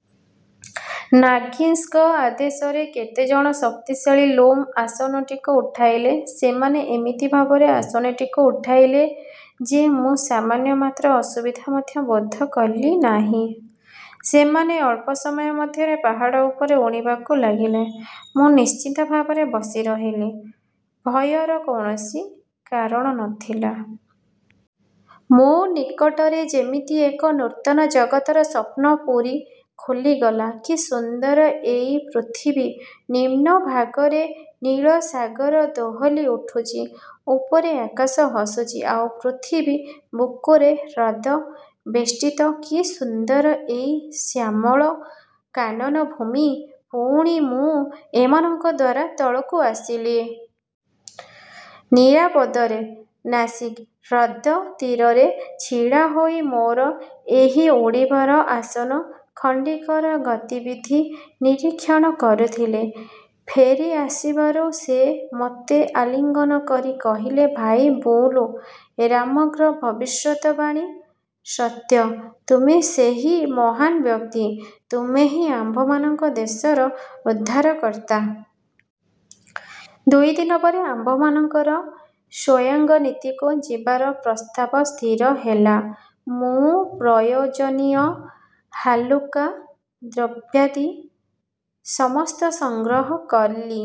'' ନାସିଗ୍ଙ୍କ ଆଦେଶରେ କେତେଜଣ ଶକ୍ତିଶାଳୀ ଲ୍ଲୁମ ଆସନଟିକୁ ଉଠାଇଲେ। ସେମାନେ ଏମିତି ଭାବରେ ଆସନଟିକୁ ଉଠାଇଲେ ଯେ, ମୁଁ ସାମାନ୍ୟ ମାତ୍ର ଅସୁବିଧା ମଧ୍ୟ ବୋଧ କଲିନାହିଁ। ସେମାନେ ଅଳ୍ପ ସମୟ ମଧ୍ୟରେ ପାହାଡ଼ ଉପରେ ଉଡ଼ିବାକୁ ଲାଗିଲେ। ମୁଁ ନିଶ୍ଚିନ୍ତ ଭାବରେ ବସିରହିଲି, ଭୟର କୌଣସି କାରଣ ନ ଥିଲା। ମୋ ନିକଟରେ ଯେମିତି ଏକ ନୂତନ ଜଗତର ସ୍ୱପ୍ନପୁରୀ ଖୋଲିଗଲା। କି ସୁନ୍ଦର ଏଇ ପୃଥିବୀ! ନିମ୍ନ ଭାଗରେ ନୀଳସାଗର ଦୋହଲି ଉଠୁଛି। ଉପରେ ଆକାଶ ହସୁଛି। ଆଉ ପୃଥିବୀ ବୁକୁରେ ହ୍ରଦ ବେଷ୍ଟିତ କି ସୁନ୍ଦର ଏଇ ଶ୍ୟାମଳ କାନନ ଭୂମି! ପୁଣି ମୁଁ ଏମାନଙ୍କ ଦ୍ୱାରା ତଳକୁ ଆସିଲି। ନିରାପଦରେ। ନାସିଗ୍ ହ୍ରଦ ତୀରରେ ଛିଡ଼ା ହୋଇ ମୋର ଏହି ଉଡ଼ିବାର ଆସନ ଖଣ୍ଡିକର ଗତିବିଧି ନିରୀକ୍ଷଣ କରୁଥିଲେ। ଫେରିଆସିବାରୁ ସେ ମୋତେ ଆଲିଙ୍ଗନ କରି କହିଲେ, ''ଭାଇ ବୁଲୁ! ରାଗମ୍ର ଭବିଷ୍ୟତ ବାଣୀ ସତ୍ୟ। ତୁମେ ସେହି ମହାନ୍ ବ୍ୟକ୍ତି। ତୁମେ ହିଁ ଆମ୍ଭମାନଙ୍କ ଦେଶର ଉଦ୍ଧାର କର୍ତ୍ତା। '' ଦୁଇଦିନ ପରେ ଆମ୍ଭମାନଙ୍କର ସୋୟାଙ୍ଗନିତିକୁ ଯିବାର ପ୍ରସ୍ତାବ ସ୍ଥିର ହେଲା। ମୁଁ ପ୍ରୟୋଜନୀୟ ହାଲୁକା ଦ୍ରବ୍ୟାଦି ସମସ୍ତ ସଂଗ୍ରହ କଲି।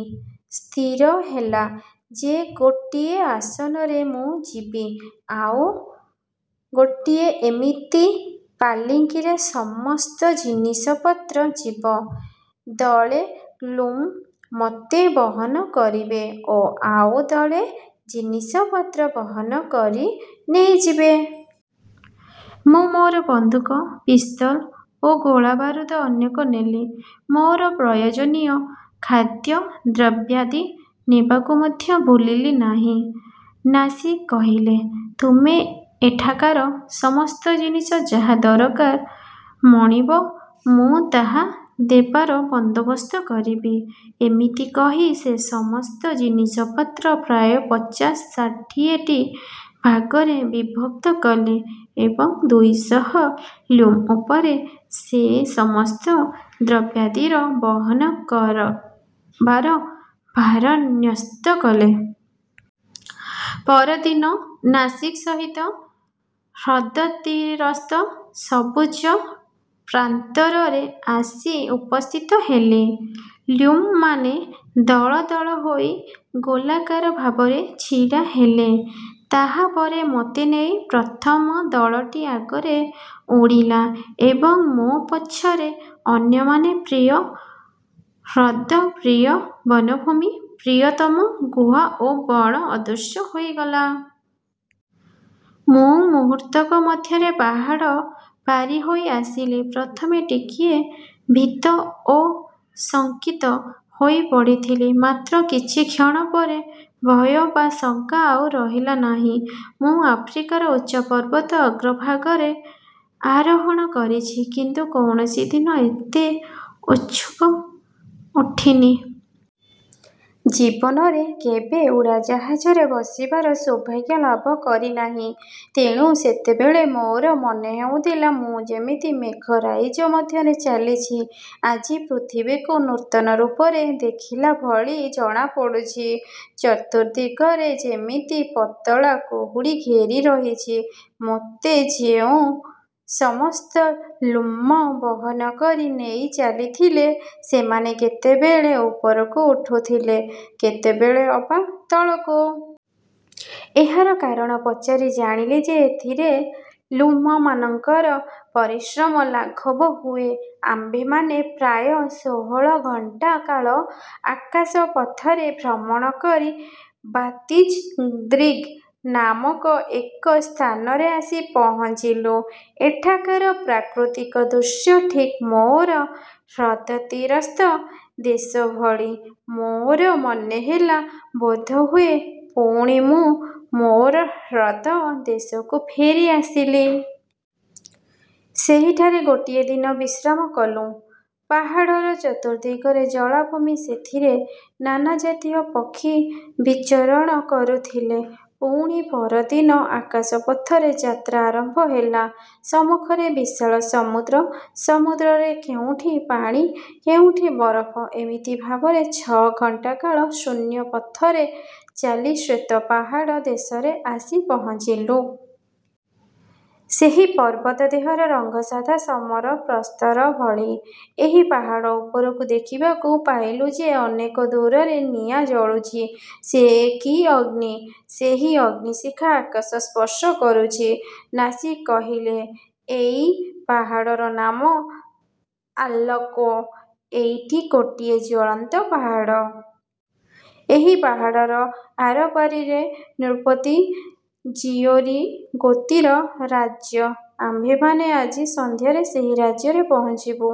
ସ୍ଥିର ହେଲା ଯେ ଗୋଟିଏ ଆସନରେ ମୁଁ ଯିବି, ଆଉ ଗୋଟିଏ ଏମିତି ପାଲିଙ୍କିରେ ସମସ୍ତ ଜିନିଷପତ୍ର ଯିବ। ଦଳେ ଲ୍ଲୁମ ମୋତେ ବହନ କରିବେ ଓ ଆଉ ଦଳେ ଜିନିଷପତ୍ର ବହନକରି ନେଇଯିବେ। ମୁଁ ମୋର ବନ୍ଧୁକ, ପିସ୍ତଲ ଓ ଗୋଳାବାରୁଦ ଅନେକ ନେଲି। ମୋର ପ୍ରୟୋଜନୀୟ ଖାଦ୍ୟଦ୍ରବ୍ୟାଦି ନେବାକୁ ମଧ୍ୟ ଭୁଲିଲି ନାହିଁ-। ନାସିଗ୍ କହିଲେ, ''ତୁମେ ଏଠାକାର ସମସ୍ତ ଜିନିଷ ଯାହା ଦରକାର ମଣିବ ମୁଁ ତାହା ଦେବାର ବନ୍ଦୋବସ୍ତ କରିବି। '' ଏମିତି କହି ସେ ସମସ୍ତ ଜିନିଷପତ୍ର ପ୍ରାୟ ପଚାଶ ଷାଠିଏଟି ଭାଗରେ ବିଭକ୍ତ କଲେ ଏବଂ ଦୁଇ ଶହ ଲ୍ଲୁମ ଉପରେ ସେ ସମସ୍ତ ଦ୍ରବ୍ୟାଦିର ବହନ କରବାର ଭାର ନ୍ୟସ୍ତ କଲେ। ପରଦିନ ନାସିଗ୍ ସହିତ ହ୍ରଦତୀରସ୍ଥ ସବୁଜ ପ୍ରାନ୍ତରରେ ଆସି ଉପସ୍ଥିତ ହେଲି। ଲ୍ଲୁମମାନେ ଦଳ ଦଳ ହୋଇ ଗୋଲାକାର ଭାବରେ ଛିଡ଼ାହେଲେ। ତାହାପରେ ମୋତେ ନେଇ ପ୍ରଥମ ଦଳଟି ଆଗରେ ଉଡ଼ିଲା ଏବଂ ମୋ ପଛରେ ଅନ୍ୟମାନେ। ପ୍ରିୟ ହ୍ରଦ, ପ୍ରିୟ ବନଭୂମି, ପ୍ରିୟତମ ଗୁହା ଓ ବଣ ଅଦୃଶ୍ୟ ହୋଇଗଲା। ମୁଁ ମୁହୂର୍ତ୍ତକ ମଧ୍ୟରେ ପାହାଡ଼ ପାରିହୋଇ ଆସିଲି। ପ୍ରଥମେ ଟିକିଏ ଭୀତ ଓ ଶଙ୍କିତ ହୋଇପଡ଼ିଥିଲି, ମାତ୍ର କିଛି କ୍ଷଣ ପରେ ଭୟ ବା ଶଙ୍କା ଆଉ ରହିଲା ନାହିଁ। ମୁଁ ଆଫ୍ରିକାର ଉଚ୍ଚ ପର୍ବତ ଅଗ୍ରଭାଗରେ ଆରୋହଣ କରିଛି, କିନ୍ତୁ କୌଣସି ଦିନ ଏତେ ଉଚ୍ଚକୁ ଉଠିନି। ଜୀବନରେ କେବେ ଉଡ଼ାଜାହାଜରେ ବସିବାର ସୌଭାଗ୍ୟ ଲାଭ କରିନାହିଁ। ତେଣୁ ସେତେବେଳେ ମୋର ମନେହେଉଥିଲା, ମୁଁ ଯେମିତି ମେଘ ରାଇଜ ମଧ୍ୟରେ ଚାଲିଛି। ଆଜି ପୃଥିବୀକୁ ନୂତନ ରୂପରେ ଦେଖିଲାଭଳି ଜଣାପଡ଼ୁଛି। ଚତୁର୍ଦ୍ଦିଗରେ ଯେମିତି ପତଳା କୁହୁଡ଼ି ଘେରିରହିଛି। ମୋତେ ଯେଉଁ ସମସ୍ତ ଲ୍ଲୁମ ବହନ କରି ନେଇ ଚାଲିଥିଲେ, ସେମାନେ କେତେବେଳେ ଉପରକୁ ଉଠୁଥିଲେ, କେତେବେଳେ ଅବା ତଳକୁ। ଏହାର କାରଣ ପଚାରି ଜାଣିଲି ଯେ ଏଥିରେ ଲ୍ଲୁମମାନଙ୍କର ପରିଶ୍ରମ ଲାଘବ ହୁଏ। ଆମ୍ଭେମାନେ ପ୍ରାୟ ଷୋହଳ ଘଣ୍ଟା କାଳ ଆକାଶ ପଥରେ ଭ୍ରମଣ କରି ବାତିଜଦ୍ରିଗ୍ ନାମକ ଏକ ସ୍ଥାନରେ ଆସି ପହଞ୍ଚିଲୁ। ଏଠାକାର ପ୍ରାକୃତିକ ଦୃଶ୍ୟ ଠିକ୍ ମୋର ହ୍ରଦତୀରସ୍ଥ ଦେଶଭଳି। ମୋର ମନେହେଲା, ବୋଧହୁଏ ପୁଣି ମୁଁ ମୋର ହ୍ରଦ ଦେଶକୁ ଫେରିଆସିଲି। ସେହିଠାରେ ଗୋଟିଏ ଦିନ ବିଶ୍ରାମ କଲୁଁ। ପାହାଡ଼ର ଚତୁର୍ଦ୍ଦିଗରେ ଜଳାଭୂମି, ସେଥିରେ ନାନାଜାତୀୟ ପକ୍ଷୀ ବିଚରଣ କରୁଥିଲେ। ପୁଣି ପରଦିନ ଆକାଶ ପଥରେ ଯାତ୍ରା ଆରମ୍ଭ ହେଲା। ସମ୍ମୁଖରେ ବିଶାଳ ସମୁଦ୍ର। ସମୁଦ୍ରରେ କେଉଁଠି ପାଣି, କେଉଁଠି ବରଫ, ଏମିତି ଭାବରେ ଛ' ଘଣ୍ଟାକାଳ ଶୂନ୍ୟ ପଥରେ ଚାଲି ଶ୍ୱେତ ପାହାଡ଼ ଦେଶରେ ଆସି ପହଞ୍ଚିଲୁ। ସେହି ପର୍ବତ ଦେହର ରଙ୍ଗ ସାଧା ମର୍ମ୍ମର ପ୍ରସ୍ତରଭଳି। ଏଇ ପାହାଡ଼ ଉପରକୁ ଦେଖିବାକୁ ପାଇଲୁ ଯେ ଅନେକ ଦୂରରେ ନିଆଁ ଜଳୁଛି। ସେ କି ଅଗ୍ନି? ସେହି ଅଗ୍ନିଶିଖା ଆକାଶ ସ୍ପର୍ଶ କରୁଛି। ନାସିଗ୍ କହିଲେ, ''ଏଇ ପାହାଡ଼ର ନାମ ଆଲକୋ। ଏଇଟି ଗୋଟିଏ ଜ୍ୱଳନ୍ତ ପାହାଡ଼। ଏହି ପାହାଡ଼ର ଆରପାରିରେ ନୃପତି ଜିଓରିଗୋତିର ରାଜ୍ୟ। ଆମ୍ଭେମାନେ ଆଜି ସନ୍ଧ୍ୟାରେ ସେହି ରାଜ୍ୟରେ ପହଞ୍ଚିବୁ।